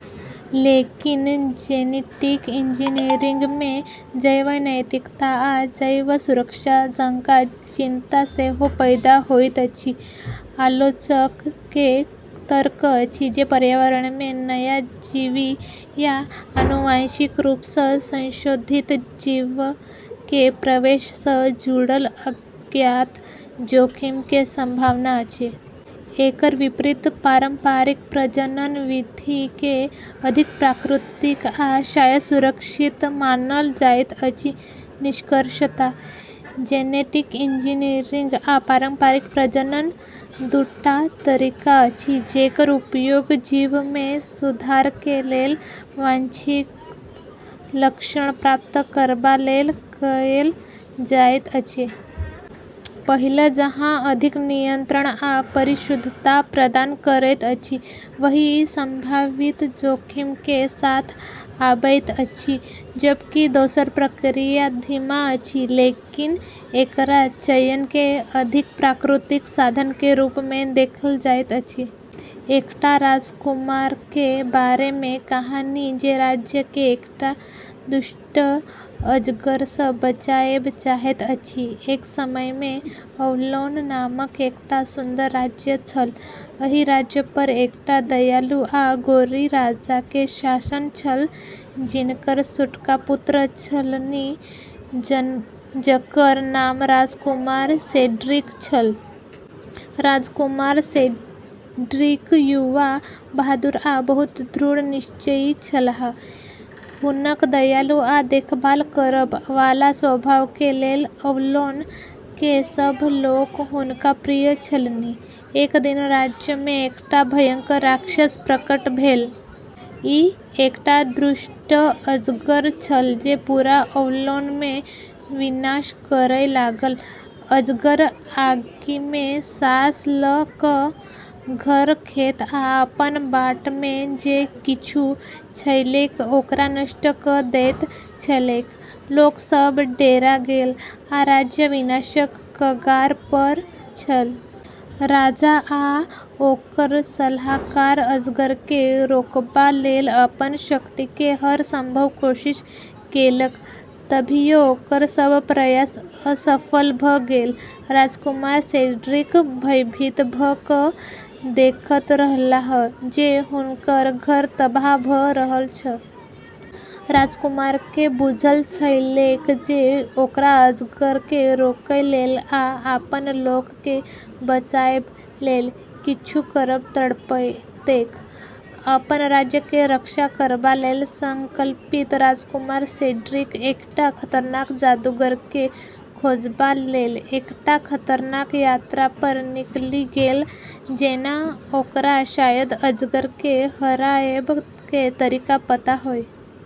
लेकिन genetic engineering मे जैव नैतिकता आ जैव सुरक्षा जकां चिंता सेहो पैदा होइत अछि। आलोचक के तर्क अछि जे पर्यावरण मे नया जीन या आनुवंशिक रूप सँ संशोधित जीव के प्रवेश सँ जुडल अज्ञात जोखिम के संभावना अछि। एकर विपरीत पारंपरिक प्रजनन विधि के अधिक प्राकृतिक आ शायद सुरक्षित मानल जाइत अछि। निष्कर्षतः जेनेटिक इंजीनियरिंग आ पारंपरिक प्रजनन दू टा तरीका अछि जेकर उपयोग जीव मे सुधार के लेल वांछित लक्षण प्राप्त करबा लेल कएल जाइत अछि। पहिल जहाँ अधिक नियंत्रण आ परिशुद्धता प्रदान करैत अछि, वहीं ई संभावित जोखिम के साथ आबैत अछि, जबकि दोसर प्रक्रिया धीमा अछि लेकिन एकरा चयन के अधिक प्राकृतिक साधन के रूप मे देखल जाइत अछि। एकटा राजकुमार के बारे मे कहानी जे राज्य के एकटा दुष्ट अजगर सँ बचाएब चाहैत अछि। एक समय मे अवलोन नामक एकटा सुन्दर राज्य छल। एहि राज्य पर एकटा दयालु आ गोरी राजा के शासन छल जिनकर एकटा पुत्र छलनि जकर नाम राजकुमार सेड्रिक छल। राजकुमार सेड्रिक युवा, बहादुर आ बहुत दृढ़ निश्चयी छलाह। हुनक दयालु आ देखभाल करब वाला स्वभाव के लेल अवलोन के सभ लोक हुनका प्रिय छलनि। एक दिन राज्य मे एकटा भयंकर राक्षस प्रकट भेल। ई एकटा दुष्ट अजगर छल जे पूरा अवलोन मे विनाश करय लागल। अजगर आगि मे साँस ल' क' घर, खेत, आ अपन बाट मे जे किछु छलैक ओकरा नष्ट क' दैत छलैक। लोक सभ डेरा गेल, आ राज्य विनाशक कगार पर छल। राजा आ ओकर सलाहकार अजगर के रोकबा लेल अपन शक्ति के हर संभव कोशिश केलक, तभियो ओकर सब प्रयास असफल भ गेल। राजकुमार सेड्रिक भयभीत भ' क' देखैत रहलाह जे हुनकर घर तबाह भ' रहल छल। राजकुमार के बुझल छलैक जे ओकरा अजगर के रोकय लेल आ अपन लोक के बचाएब लेल किछु करब पड़तैक। अपन राज्य के रक्षा करबा लेल संकल्पित राजकुमार सेड्रिक एकटा खतरनाक जादूगर के खोजबा लेल एकटा खतरनाक यात्रा पर निकलि गेल जेना ओकरा शायद अजगर के हराएब के तरीका पता होय।